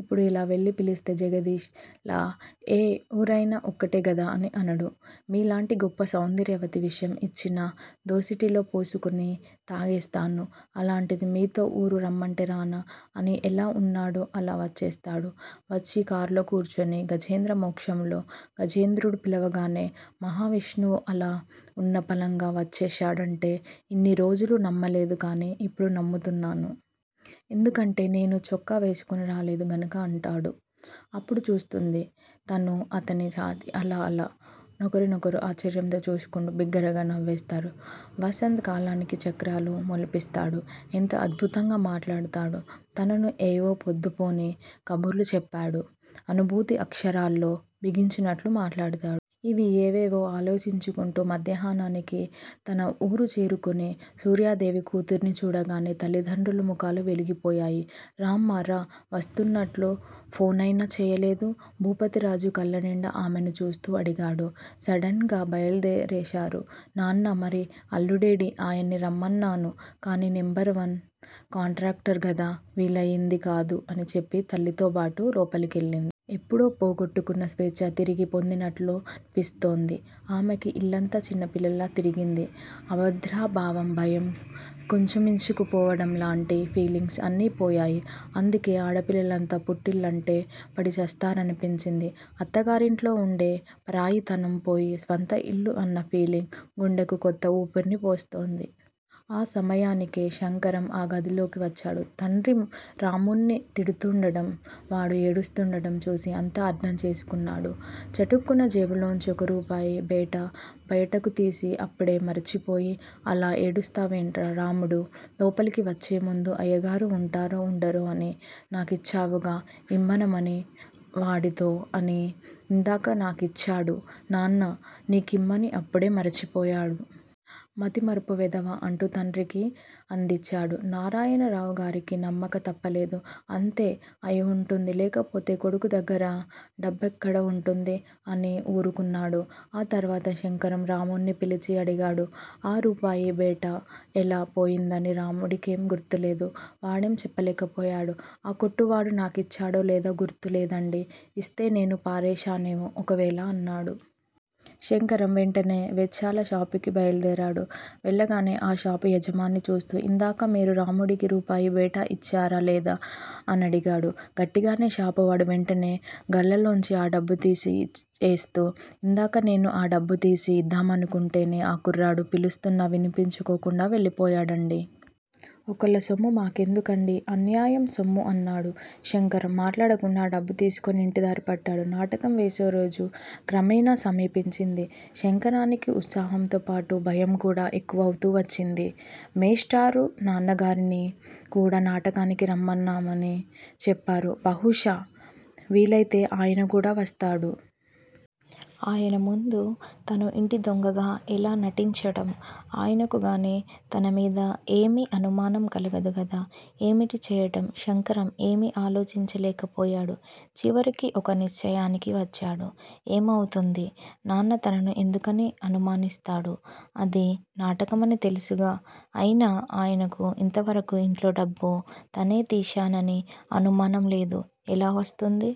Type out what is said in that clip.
ఇప్పుడు ఇలా వెళ్ళి పిలిస్తే జగదీష్ లా ఏ ఊరయినా ఒక్కటే గదా అని అనడు. మీలాంటి గొప్ప సౌందర్యవతి విషం యిచ్చినా దోసిటిలో పోసుకుని తాగేస్తాను. అలాంటిది మీతో ఊరు రమ్మంటే రానా అని ఎలా వున్నాడో అలా వచ్చేస్తాడు. వచ్చి కార్లో కూర్చుని గజేంద్ర మోక్షంలో గజేంద్రుడు పిలవగానే మహావిష్ణువు అలా ఉన్నపళంగా వచ్చేశాడంటే ఇన్ని రోజులూ నమ్మలేదు కానీ ఇప్పుడు నమ్ముతున్నాను. ఎందుకంటే నేనూ చొక్కా వేసుకుని రాలేదు గనుక అంటాడు. అప్పుడు చూస్తుంది తను అతని ఛాతీ అలా అలా ఒకరినొకరు ఆశ్చర్యంతో చూసుకుంటూ, బిగ్గరగా నవ్వేస్తారు. వసంత్ కాలానికి చక్రాలు మొలిపిస్తాడు. ఎంత అద్భుతంగా మాట్లాడతాడు అతను. ఏవో పొద్దుపోని కబుర్లు చెప్పడు. అనుభూతిని అక్షరాల్లో బిగించినట్లు మాట్లాడతాడు. ఇలా ఏవేవో ఆలోచించుకుంటూ మధ్యాహ్నానికి తన వూరు చేరుకుంది సూర్యాదేవి. కూతుర్ని చూడగానే తల్లిదండ్రుల ముఖాలు వెలిగిపోయాయి. రామ్మా! రా! వస్తున్నట్లు ఫోనైనా చేయలేదు భూపతిరాజు కళ్ళనిండా ఆమెను చూస్తూ అడిగాడు. సడన్ గా బయల్దేరేశాను నాన్నా మరి అల్లుడేడీ? ఆయన్ని రమ్మన్నాను కానీ నెంబర్ వన్ కాంట్రాక్టర్ కదా- వీలయింది కాదు అని చెప్పి తల్లితోబాటు లోపలకెళ్ళింది. ఎప్పుడో పోగొట్టుకున్న స్వేచ్చ తిరిగి పొందినట్లనిపిస్తోంది ఆమెకి. ఇల్లంతా చిన్నపిల్లలా తిరిగింది. అభద్రా భావం, భయం, కుంచించుకుపోవడంలాంటి ఫీలింగ్స్ అన్నీ పోయాయి. అందుకే ఆడపిల్లలంతా పుట్టిళ్ళంటే పడి చస్తారనిపించింది. అత్తగారింట్లో వుండే పరాయితనం పోయి స్వంత ఇల్లు అన్న ఫీలింగ్ గుండెకు కొత్త ఊపిర్ని పోస్తుంది. ఆ సమయానికే శంకరం ఆ గదిలోకి వచ్చాడు. తండ్రి రాముణ్ణి తిడుతూండటం, వాడు ఏడుస్తూండటం చూసి అంతా అర్ధంచేసుకున్నాడు. చటుక్కున జేబులోంచి ఒక రూపాయి బేడా బయటకు తీసి అప్పుడే మరిచిపోయి అలా ఏడుస్తావేమిట్రా రాముడూ! లోపలికి వచ్చేముందు అయ్యగారు వుంటారో వుండరో అని నాకిచ్చావుగా ఇమ్మనమని అని వాడితో అని ఇందాక నాకిచ్చాడు నాన్నా నీకిమ్మని, అప్పుడే మరిచిపోయాడు. మతిమరుపు వెధవ! అంటూ తండ్రికి అందిచ్చాడు. నారాయణరావుగారికి నమ్మక తప్పలేదు. అంతే అయివుంటుంది లేకపోతే కొడుకుదగ్గర డబ్బెక్కడ వుంటుంది? అని వూరుకున్నాడు. ఆ తర్వాత శంకరం, రాముడ్ని పిలిచి అడిగాడు ఆ రూపాయి బేడా ఎలా పోయిందని రాముడికేం గుర్తులేదు. వాడేం చెప్పలేకపోయాడు. ఆ కొట్టువాడు నాకిచ్చాడో లేదో గుర్తులేదండి ఇస్తే నేను పారేశానేమో ఒకవేళ అన్నాడు. శంకరం వెంటనే వెచ్చాలషాపుకి బయల్దేరాడు. వెళ్ళగానే ఆ షాపు యజమాన్ని చూస్తూ ఇందాక మీరు రాముడికి రూపాయి బేడా యిచ్చారా లేదా? అనడిగాడు గట్టిగానే షాపువాడు వెంటనే గల్లాలోంచి ఆ డబ్బుతీసి యిచ్చేస్తూ, ఇందాక నేను ఆ డబ్బు తీసి యిద్దామనుకుంటుంటేనే ఆ కుర్రాడు పిలుస్తున్నా వినిపించుకోకుండా వెళ్ళిపోయాడండి. ఒకళ్ళ సొమ్ము మా కెందుకండీ? అన్యాయం సొమ్ము అన్నాడు. శంకరం మాట్లాడకుండా ఆ డబ్బు తీసుకుని యింటిదారి పట్టాడు. నాటకం వేసేరోజు క్రమేణా సమీపించింది. శంకరానికి ఉత్సాహంతో పాటు భయంకూడా ఎక్కువవుతూ వచ్చింది. మేష్టారు నాన్నగారిని కూడా నాటకానికి రమ్మనమని చెప్పారు. బహుశా వీలైతే ఆయనకూడా వస్తాడు. ఆయన ముందు తను ఇంటిదొంగగా ఎలా నటించటం? ఆయనకుగాని తనమీద ఏమీ అనుమానం కలగదు కదా! ఏమిటి చెయ్యటం? శంకరం ఏమీ ఆలోచించుకోలేకపోయాడు. చివరికి ఒక నిశ్చయానికి వచ్చాడు. ఏమవుతుంది? నాన్న తనను ఎందుకని అనుమానిస్తాడు? అది నాటకమని తెలుసుగా? అయినా ఆయనకు యింతవరకూ యింట్లో డబ్బు తనే తీశానని అనుమానం లేదు. ఎలా వస్తుంది?